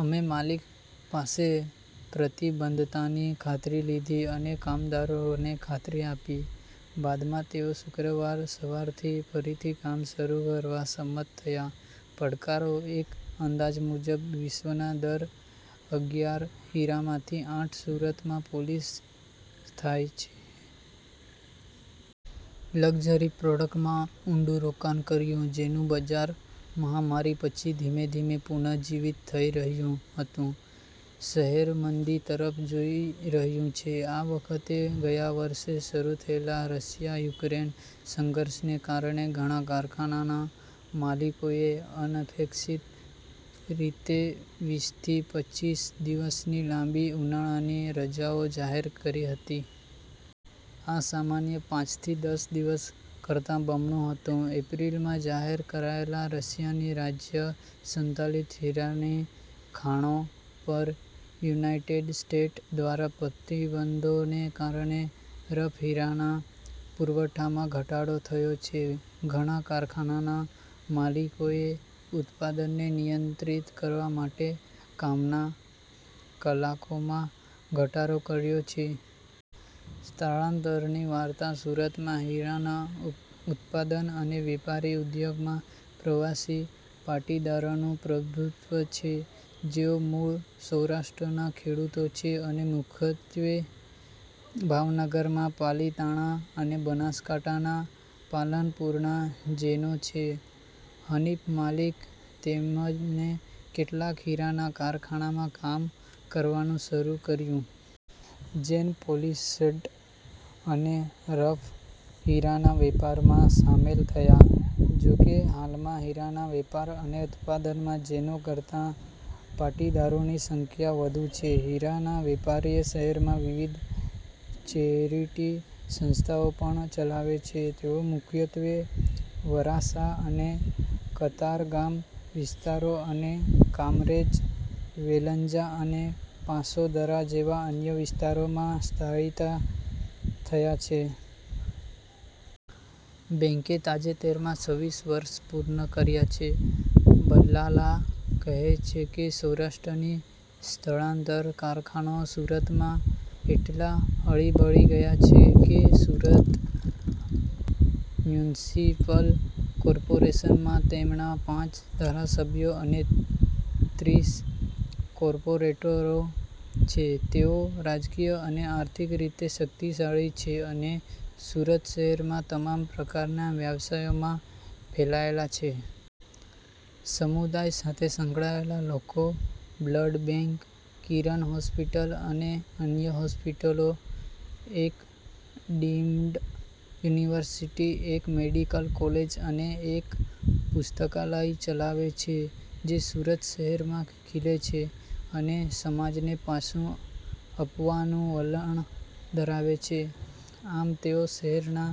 અમે માલિક પાસે પ્રતિબદ્ધતાની ખાતરી લીધી અને કામદારોને ખાતરી આપી. બાદમાં તેઓ શુક્રવાર સવારથી ફરીથી કામ શરૂ કરવા સંમત થયા. પડકારો એક અંદાજ મુજબ, વિશ્વના દર અગીયાર હીરામાંથી આઠ સુરતમાં પોલિશ થાય છે. લક્ઝરી પ્રોડક્ટમાં ઊંડું રોકાણ કર્યું, જેનું બજાર મહામારી પછી ધીમે ધીમે પુનઃજીવિત થઈ રહ્યું હતું, શહેર મંદી તરફ જોઈ રહ્યું છે, આ વખતે ગયા વર્ષે શરૂ થયેલા રશિયા-યુક્રેન સંઘર્ષને કારણે, ઘણા કારખાનાના માલિકોએ અનપેક્ષિત રીતે વીસ થી પચ્ચીસ દિવસની લાંબી ઉનાળાની રજાઓ જાહેર કરી હતી. આ સામાન્ય પાંચ થી દસ દિવસ કરતાં બમણું હતું. એપ્રિલમાં જાહેર કરાયેલા રશિયાની રાજ્ય સંચાલિત હીરાની ખાણો પર યુનાઇટેડ સ્ટેટ્સ દ્વારા પ્રતિબંધોને કારણે રફ હીરાના પુરવઠામાં ઘટાડો થયો છે, ઘણા કારખાનાના માલિકોએ ઉત્પાદનને નિયંત્રિત કરવા માટે કામના કલાકોમાં ઘટાડો કર્યો છે. સ્થળાંતરની વાર્તા, સુરતમાં હીરાના ઉત્પાદન અને વેપાર ઉદ્યોગમાં પ્રવાસી પાટીદારોનું પ્રભુત્વ છે, જેઓ મૂળ સૌરાષ્ટ્રના ખેડૂતો છે અને મુખ્યત્વે ભાવનગરના પાલિતાણા અને બનાસકાંઠાના પાલનપુરના જૈનો છે. હનિફ મલિક તેમણે કેટલાક હીરાના કારખાનામાં કામ કરવાનું શરૂ કર્યું. જૈન પોલિશ્ડ અને રફ હીરાના વેપારમાં સામેલ થયા. જો કે હાલમાં હીરાના વેપાર અને ઉત્પાદનમાં જૈનો કરતાં પાટીદારોની સંખ્યા વધુ છે. હીરાના વેપારી શહેરમાં વિવિધ ચેરીટી સંસ્થાઓ પણ ચલાવે છે. " તેઓ મુખ્યત્વે વરાછા અને કતારગામ વિસ્તારો અને કામરેજ, વેલંજા અને પાસોદરા જેવા અન્ય વિસ્તારોમાં સ્થાયી થયા છે. બેંકે તાજેતરમાં છવ્વીસ વર્ષ પૂર્ણ કર્યા છે. ભલ્લાલા કહે છે કે, સૌરાષ્ટ્રથી સ્થળાંતર કરનારાઓ "સુરતમાં એટલા હળીભળી ગયા છે કે, સુરત મ્યુનિસિપલ કોર્પોરેશનમાં તેમના પાંચ ધારાસભ્યો અને ત્રીસ કોર્પોરેટરો છે. " "તેઓ રાજકીય અને આર્થિક રીતે શક્તિશાળી છે અને સુરત શહેરમાં તમામ પ્રકારના વ્યવસાયોમાં ફેલાયેલા છે. સમુદાય સાથે સંકળાયેલા લોકો બ્લડ બેંક, કિરણ હોસ્પિટલ, અને અન્ય હોસ્પિટલો, એક ડીમ્ડ યુનિવર્સિટી, એક મેડિકલ કોલેજ અને એક પુસ્તકાલય ચલાવે છે. જે સુરત શહેરમાં ખીલે છે અને સમાજને પાછું આપવાનું વલણ ધરાવે છે, આમ તેઓ શહેરના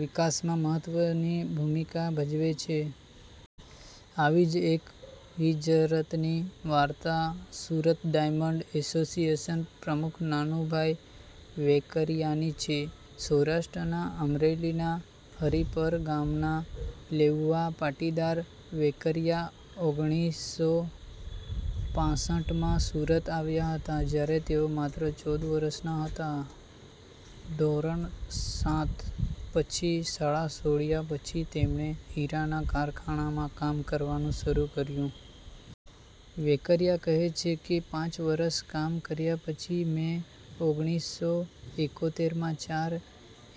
વિકાસમાં મહત્વની ભૂમિકા ભજવે છે. " આવી જ એક હિજરતની વાર્તા સુરત ડાયમંડ એસોસિએશનના પ્રમુખ નાનુભાઈ વેકરિયાની છે. સૌરાષ્ટ્રના અમરેલીના હરીપર ગામના લેઉવા પાટીદાર વેકરિયા ઓગણીસસો પાંસઠમાં સુરત આવ્યા હતા, જ્યારે તેઓ માત્ર ચૌદ વર્ષના હતા. ધોરણ સાત પછી શાળા છોડ્યા પછી, તેમણે હીરાના કારખાનામાં કામ કરવાનું શરૂ કર્યું. વેકરિયા કહે છે કે, પાંચ વર્ષ કામ કર્યા પછી, મેં ઓગણીસસો એકોતેરમાં ચાર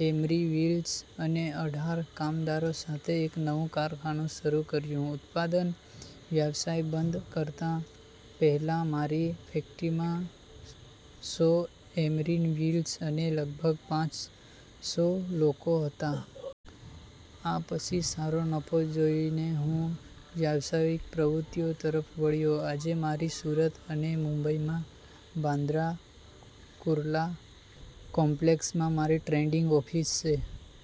એમરી વ્હીલ્સ અને અઢાર કામદારો સાથે એક નાનું કારખાનું શરૂ કર્યું. ઉત્પાદન વ્યવસાય બંધ કરતા પહેલા, મારી ફેક્ટરીમાં સો એમરી વ્હીલ્સ અને લગભગ પાંચ સો લોકો હતા. આ પછી સારો નફો જોઈને હું વ્યવસાયિક પ્રવૃત્તિઓ તરફ વળ્યો. આજે મારી સુરત અને મુંબઈમાં બાંદ્રા કુર્લા કોમ્પ્લેક્સમાં મારી ટ્રેડિંગ ઓફિસ છે.